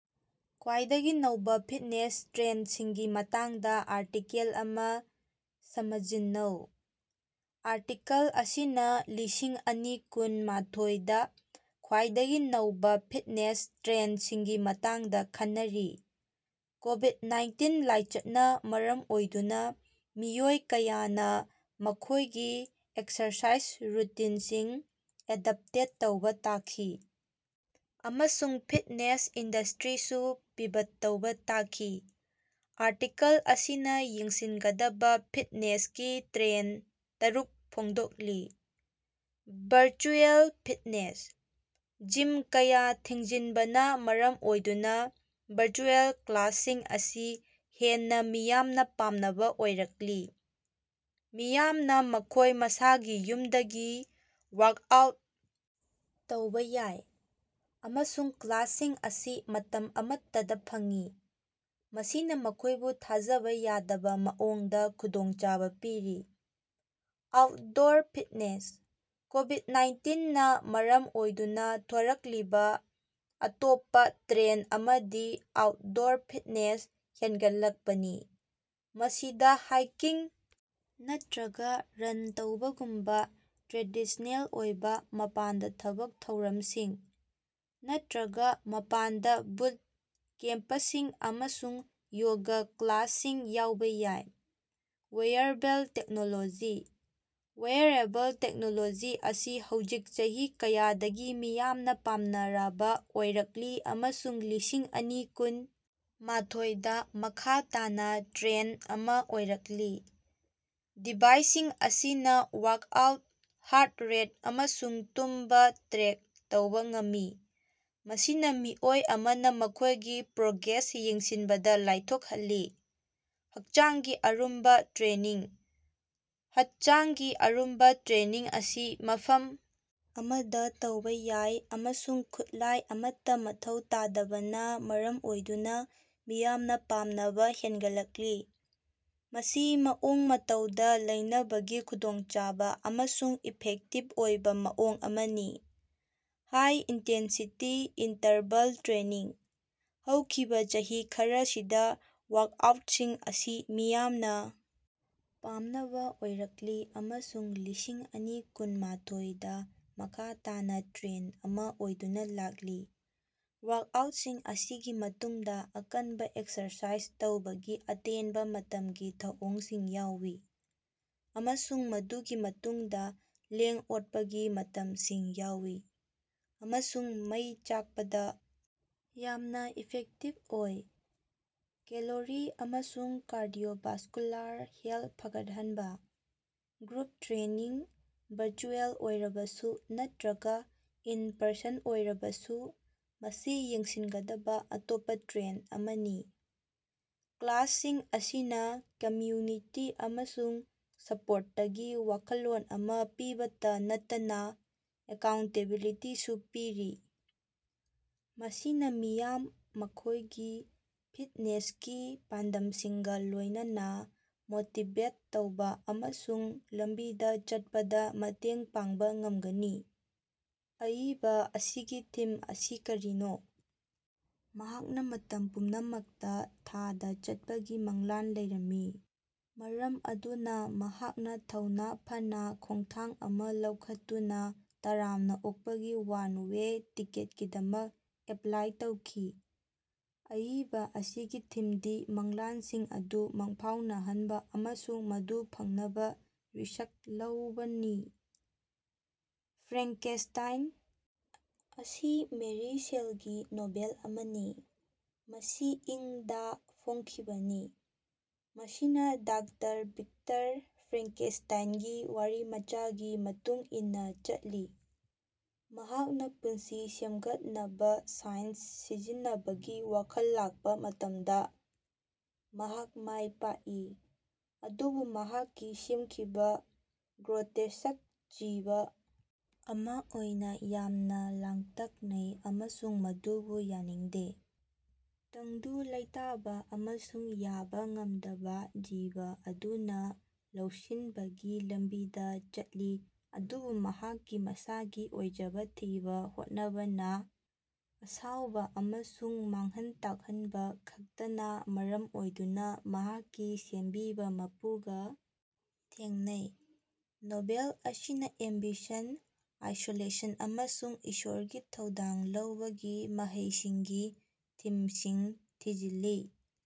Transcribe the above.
ꯈ꯭ꯋꯥꯏꯗꯒꯤ ꯅꯧꯕ ꯐꯤꯠꯅꯦꯁ ꯇ꯭ꯔꯦꯟꯗꯁꯤꯡꯒꯤ ꯃꯇꯥꯡꯗ ꯑꯥꯔꯇꯤꯀꯦꯜ ꯑꯃ ꯁꯃꯖꯤꯟꯅꯧ꯫ ꯑꯥꯔꯇꯤꯀꯜ ꯑꯁꯤꯅ ꯂꯤꯁꯤꯡ ꯑꯅꯤ ꯀꯨꯟ ꯃꯥꯊꯣꯏ ꯗꯥ ꯈ꯭ꯋꯥꯏꯗꯒꯤ ꯅꯧꯕ ꯐꯤꯠꯅꯦꯁ ꯇ꯭ꯔꯦꯟꯗꯁꯤꯡꯒꯤ ꯃꯇꯥꯡꯗ ꯈꯟꯅꯔꯤ, ꯀꯣꯕꯤꯗ-ꯅꯥꯏꯟꯇꯤꯟ ꯂꯥꯏꯆꯠꯅ ꯃꯔꯝ ꯑꯣꯏꯗꯨꯅ ꯃꯤꯑꯣꯏ ꯀꯌꯥꯅ ꯃꯈꯣꯏꯒꯤ ꯑꯦꯛꯁꯔꯁꯥꯏꯖ ꯔꯨꯇꯤꯟꯁꯤꯡ ꯑꯦꯗꯞꯇꯦꯠ ꯇꯧꯕ ꯇꯥꯈꯤ ꯑꯃꯁꯨꯡ ꯐꯤꯠꯅꯦꯁ ꯏꯟꯗꯁꯇ꯭ꯔꯤꯁꯨ ꯄꯤꯚꯠ ꯇꯧꯕ ꯇꯥꯈꯤ꯫ ꯑꯥꯔꯇꯤꯀꯜ ꯑꯁꯤꯅ ꯌꯦꯡꯁꯤꯟꯒꯗꯕ ꯐꯤꯠꯅꯦꯁꯀꯤ ꯇ꯭ꯔꯦꯟꯗ ꯇꯔꯨꯛ ꯐꯣꯡꯗꯣꯛꯂꯤ - ꯚꯔꯆꯨꯑꯦꯜ ꯐꯤꯠꯅꯦꯁ -ꯖꯤꯝ ꯀꯌꯥ ꯊꯤꯡꯖꯤꯟꯕꯅ ꯃꯔꯝ ꯑꯣꯏꯗꯨꯅ ꯚꯔꯆꯨꯑꯦꯜ ꯀ꯭ꯂꯥꯁꯁꯤꯡ ꯑꯁꯤ ꯍꯦꯟꯅ ꯃꯤꯌꯥꯝꯅ ꯄꯥꯝꯅꯕ ꯑꯣꯏꯔꯛꯂꯤ꯫ ꯃꯤꯌꯥꯝꯅ ꯃꯈꯣꯏ ꯃꯁꯥꯒꯤ ꯌꯨꯝꯗꯒꯤ ꯋꯥ꯭ꯔꯛꯑꯥꯎꯠ ꯇꯧꯕ ꯌꯥꯏ, ꯑꯃꯁꯨꯡ ꯀ꯭ꯂꯥꯁꯁꯤꯡ ꯑꯁꯤ ꯃꯇꯝ ꯑꯃꯠꯇꯗ ꯐꯪꯏ, ꯃꯁꯤꯅ ꯃꯈꯣꯏꯕꯨ ꯊꯥꯖꯕ ꯌꯥꯗꯕ ꯃꯑꯣꯡꯗ ꯈꯨꯗꯣꯡꯆꯥꯕ ꯄꯤꯔꯤ꯫ ꯑꯥ꯭ꯎꯠꯗꯣꯔ ꯐꯤꯠꯅꯦꯁ - ꯀꯣꯕꯤꯗ - ꯅꯥꯏꯟꯇꯤꯟ ꯅꯥ ꯃꯔꯝ ꯑꯣꯏꯗꯨꯅ ꯊꯣꯔꯛꯂꯤꯕ ꯑꯇꯣꯞꯄ ꯇ꯭ꯔꯦꯟꯗ ꯑꯃꯗꯤ ꯑꯥ꯭ꯎꯠꯗꯣꯔ ꯐꯤꯠꯅꯦꯁ ꯍꯦꯟꯒꯠꯂꯛꯄꯅꯤ꯫ ꯃꯁꯤꯗ ꯍꯥꯏꯀꯤꯡ ꯅꯠꯇꯔꯒ ꯔꯟ ꯇꯧꯕꯒꯨꯝꯕ ꯇ꯭ꯔꯦꯗꯤꯁ꯭ꯅꯦꯜ ꯑꯣꯏꯕ ꯃꯄꯥꯟꯗ ꯊꯕꯛ ꯊꯧꯔꯝꯁꯤꯡ, ꯅꯠꯇꯔꯒ ꯃꯄꯥꯟꯗ ꯕꯨꯠ ꯀꯦꯝꯄꯁꯤꯡ ꯑꯃꯁꯨꯡ ꯌꯣꯒ ꯀ꯭ꯂꯥꯁꯁꯤꯡ ꯌꯥꯎꯕ ꯌꯥꯏ꯫ ꯋꯦꯌꯔꯕꯦꯜ ꯇꯦꯛꯅꯣꯂꯣꯖꯤ - ꯋꯦꯌꯔꯑꯦꯕꯜ ꯇꯦꯛꯅꯣꯂꯣꯖꯤ ꯑꯁꯤ ꯍꯧꯖꯤꯛ ꯆꯍꯤ ꯀꯌꯥꯗꯒꯤ ꯃꯤꯌꯥꯝꯅ ꯄꯥꯝꯅꯕꯥꯔ ꯑꯣꯏꯔꯛꯂꯤ ꯑꯃꯁꯨꯡ ꯂꯤꯁꯤꯡ ꯑꯅꯤ ꯀꯨꯟ ꯃꯥꯊꯣꯏ ꯗꯥ ꯃꯈꯥ ꯇꯥꯅ ꯇ꯭ꯔꯦꯟꯗ ꯑꯃ ꯑꯣꯏꯔꯛꯂꯤ, ꯗꯤꯚꯥꯏꯁꯁꯤꯡ ꯑꯁꯤꯅ ꯋꯥ‍꯭ꯔꯛꯑꯥꯎꯠ, ꯍꯥ꯭ꯔꯠ ꯔꯦꯠ, ꯑꯃꯁꯨꯡ ꯇꯨꯝꯕ ꯇ꯭ꯔꯦꯛ ꯇꯧꯕ ꯉꯝꯃꯤ, ꯃꯁꯤꯅ ꯃꯤꯑꯣꯏ ꯑꯃꯅ ꯃꯈꯣꯏꯒꯤ ꯄ꯭ꯔꯣꯒ꯭ꯔꯦꯁ ꯌꯦꯡꯁꯤꯟꯕꯗ ꯂꯥꯏꯊꯣꯛꯍꯜꯂꯤ꯫ ꯍꯛꯆꯥꯡꯒꯤ ꯑꯔꯨꯝꯕ ꯇ꯭ꯔꯦꯅꯤꯡ - ꯍꯠꯆꯥꯡꯒꯤ ꯑꯔꯨꯝꯕ ꯇ꯭ꯔꯦꯅꯤꯡ ꯑꯁꯤ ꯃꯐꯝ ꯑꯃꯗ ꯇꯧꯕ ꯌꯥꯏ ꯑꯃꯁꯨꯡ ꯈꯨꯠꯂꯥꯏ ꯑꯃꯠꯇ ꯃꯊꯧ ꯇꯥꯗꯕꯅꯥ ꯃꯔꯝ ꯑꯣꯏꯗꯨꯅ ꯃꯤꯌꯥꯝꯅ ꯄꯥꯝꯅꯕ ꯍꯦꯟꯒꯠꯂꯛꯂꯤ꯫ ꯃꯁꯤ ꯃꯑꯣꯡ ꯃꯇꯧꯗ ꯂꯩꯅꯕꯒꯤ ꯈꯨꯗꯣꯡꯆꯥꯕ ꯑꯃꯁꯨꯡ ꯏꯐꯦꯛꯇꯤꯕ ꯑꯣꯏꯕ ꯃꯑꯣꯡ ꯑꯃꯅꯤ꯫ ꯍꯥꯏ-ꯏꯟꯇꯦꯟꯁꯤꯇꯤ ꯏꯟꯇꯔꯚꯜ ꯇ꯭ꯔꯦꯅꯤꯡ - ꯍꯧꯈꯤꯕ ꯆꯍꯤ ꯈꯔꯁꯤꯗ ꯋꯥ꯭ꯔꯛꯑꯥ꯭ꯎꯠꯁꯤꯡ ꯑꯁꯤ ꯃꯤꯌꯥꯝꯅ ꯄꯥꯝꯅꯕ ꯑꯣꯏꯔꯛꯂꯤ ꯑꯃꯁꯨꯡ ꯂꯤꯁꯤꯡ ꯑꯅꯤ ꯀꯨꯟ ꯃꯥꯊꯣꯏ ꯗꯥ ꯃꯈꯥ ꯇꯥꯅ ꯇ꯭ꯔꯦꯟꯗ ꯑꯃ ꯑꯣꯏꯗꯨꯅ ꯂꯥꯛꯂꯤ, ꯋꯥ꯭ꯔꯛꯑꯥ꯭ꯎꯠꯁꯤꯡ ꯑꯁꯤꯒꯤ ꯃꯇꯨꯡꯗ ꯑꯀꯟꯕ ꯑꯦꯛꯁꯔꯁꯥꯏꯖ ꯇꯧꯕꯒꯤ ꯑꯇꯦꯟꯕ ꯃꯇꯝꯒꯤ ꯊꯧꯑꯣꯡꯁꯤꯡ ꯌꯥꯎꯏ, ꯑꯃꯁꯨꯡ ꯃꯗꯨꯒꯤ ꯃꯇꯨꯡꯗ ꯂꯦꯡ-ꯑꯣꯠꯄꯒꯤ ꯃꯇꯝꯁꯤꯡ ꯌꯥꯎꯏ, ꯑꯃꯁꯨꯡ ꯃꯩ ꯆꯥꯛꯄꯗ ꯌꯥꯝꯅ ꯏꯐꯦꯛꯇꯤꯚ ꯑꯣꯏ꯫ ꯀꯦꯂꯣꯔꯤ ꯑꯃꯁꯨꯡ ꯀꯥꯔꯗꯤꯑꯣꯚꯥꯁꯀꯨꯂꯥꯔ ꯍꯦꯜꯊ ꯐꯒꯠꯍꯟꯕ- ꯒ꯭ꯔꯨꯞ ꯇ꯭ꯔꯦꯅꯤꯡ, ꯚꯔꯆꯨꯑꯦꯜ ꯑꯣꯏꯔꯕꯁꯨ ꯅꯠꯇꯔꯒ ꯏꯟ-ꯄꯔꯁꯟ ꯑꯣꯏꯔꯕꯁꯨ, ꯃꯁꯤ ꯌꯦꯡꯁꯤꯟꯒꯗꯕ ꯑꯇꯣꯞꯄ ꯇ꯭ꯔꯦꯟꯗ ꯑꯃꯅꯤ꯫ ꯀ꯭ꯂꯥꯁꯁꯤꯡ ꯑꯁꯤꯅ ꯀꯝꯃ꯭ꯌꯨꯅꯤꯇꯤ ꯑꯃꯁꯨꯡ ꯁꯄꯣꯔꯇꯀꯤ ꯋꯥꯈꯜꯂꯣꯟ ꯑꯃ ꯄꯤꯕꯇ ꯅꯠꯇꯅꯥ ꯑꯦꯀꯥꯎꯟꯇꯦꯕꯤꯂꯤꯇꯤꯁꯨ ꯄꯤꯔꯤ, ꯃꯁꯤꯅ ꯃꯤꯌꯥꯝ ꯃꯈꯣꯏꯒꯤ ꯐꯤꯠꯅꯦꯁꯀꯤ ꯄꯥꯟꯗꯝꯁꯤꯡꯒ ꯂꯣꯏꯅꯅꯥ ꯃꯣꯇꯤꯕꯦꯠ ꯇꯧꯕ ꯑꯃꯁꯨꯡ ꯂꯝꯕꯤꯗ ꯆꯠꯄꯗ ꯃꯇꯦꯡ ꯄꯥꯡꯕ ꯉꯝꯒꯅꯤ꯫ ꯑꯏꯕ ꯑꯁꯤꯒꯤ ꯊꯤꯝ ꯑꯁꯤ ꯀꯔꯤꯅꯣ? ꯃꯍꯥꯛꯅ ꯃꯇꯝ ꯄꯨꯝꯅꯃꯛꯇ ꯊꯥꯗ ꯆꯠꯄꯒꯤ ꯃꯪꯂꯥꯟ ꯂꯩꯔꯝꯃꯤ, ꯃꯔꯝ ꯑꯗꯨꯅ ꯃꯍꯥꯛꯅ ꯊꯧꯅ ꯐꯅꯥ ꯈꯣꯡꯊꯥꯡ ꯑꯃ ꯂꯧꯈꯠꯇꯨꯅꯥ ꯇꯔꯥꯝꯅ ꯑꯣꯛꯄꯒꯤ ꯋꯥꯟ-ꯋꯦ ꯇꯤꯀꯦꯠꯀꯤꯗꯃꯛ ꯑꯦꯞꯂꯥꯏ ꯇꯧꯈꯤ꯫ ꯑꯏꯕ ꯑꯁꯤꯒꯤ ꯊꯤꯝꯗꯤ ꯃꯪꯂꯥꯟꯁꯤꯡ ꯑꯗꯨ ꯃꯪꯐꯥꯎꯅꯍꯟꯕ ꯑꯃꯁꯨꯡ ꯃꯗꯨ ꯐꯪꯅꯕ ꯔꯤꯁ꯭ꯛ ꯂꯧꯕꯅꯤ꯫ ꯐ꯭ꯔꯦꯡꯀꯦꯁ꯭ꯇꯥꯏꯟ ꯑꯁꯤ ꯃꯦꯔꯤ ꯁꯦꯜꯒꯤ ꯅꯣꯚꯦꯜ ꯑꯃꯅꯤ, ꯃꯁꯤ ꯏꯪ ꯗꯥ ꯐꯣꯡꯈꯤꯕꯅꯤ, ꯃꯁꯤꯅ ꯗꯥꯛꯇꯔ ꯚꯤꯛꯇꯔ ꯐ꯭ꯔꯦꯡꯀꯦꯁ꯭ꯇꯥꯏꯟꯒꯤ ꯋꯥꯔꯤꯃꯆꯥꯒꯤ ꯃꯇꯨꯡ ꯏꯟꯅ ꯆꯠꯂꯤ, ꯃꯍꯥꯛꯅ ꯄꯨꯟꯁꯤ ꯁꯦꯝꯒꯠꯅꯕ ꯁꯥꯏꯟꯁ ꯁꯤꯖꯤꯟꯅꯕꯒꯤ ꯋꯥꯈꯜ ꯂꯥꯛꯄ ꯃꯇꯝꯗ꯫ ꯃꯍꯥꯛ ꯃꯥꯏ ꯄꯥꯛꯏ, ꯑꯗꯨꯕꯨ ꯃꯍꯥꯛꯀꯤ ꯁꯦꯝꯈꯤꯕ, ꯒ꯭ꯔꯣꯇꯦꯁ꯭ꯛ ꯖꯤꯕ ꯑꯃ ꯑꯣꯏꯅ ꯌꯥꯝꯅ ꯂꯥꯡꯇꯛꯅꯩ ꯑꯃꯁꯨꯡ ꯃꯗꯨꯕꯨ ꯌꯥꯅꯤꯡꯗꯦ꯫ ꯇꯪꯗꯨ ꯂꯩꯇꯥꯕ ꯑꯃꯁꯨꯡ ꯌꯥꯕ ꯉꯝꯗꯕꯥ ꯖꯤꯕ ꯑꯗꯨꯅ ꯂꯧꯁꯤꯟꯕꯒꯤ ꯂꯝꯕꯤꯗ ꯆꯠꯂꯤ ꯑꯗꯨꯕꯨ ꯃꯍꯥꯛꯀꯤ ꯃꯁꯥꯒꯤ ꯑꯣꯏꯖꯕ ꯊꯤꯕ ꯍꯣꯠꯅꯕꯅꯥ ꯑꯁꯥꯎꯕ ꯑꯃꯁꯨꯡ ꯃꯥꯡꯍꯟ ꯇꯥꯛꯍꯟꯕ ꯈꯛꯇꯅꯥ ꯃꯔꯝ ꯑꯣꯏꯗꯨꯅ ꯃꯍꯥꯛꯀꯤ ꯁꯦꯝꯕꯤꯕ ꯃꯄꯨꯒ ꯊꯦꯡꯅꯩ꯫ ꯅꯣꯚꯦꯜ ꯑꯁꯤꯅ ꯑꯦꯝꯕꯤꯁꯟ, ꯑꯥꯏꯁꯣꯂꯦꯁꯟ ꯑꯃꯁꯨꯡ ꯏꯁꯣꯔꯒꯤ ꯊꯧꯗꯥꯡ ꯂꯧꯕꯒꯤ ꯃꯍꯩꯁꯤꯡꯒꯤ ꯊꯤꯝꯁꯤꯡ ꯊꯤꯖꯤꯜꯂꯤ꯫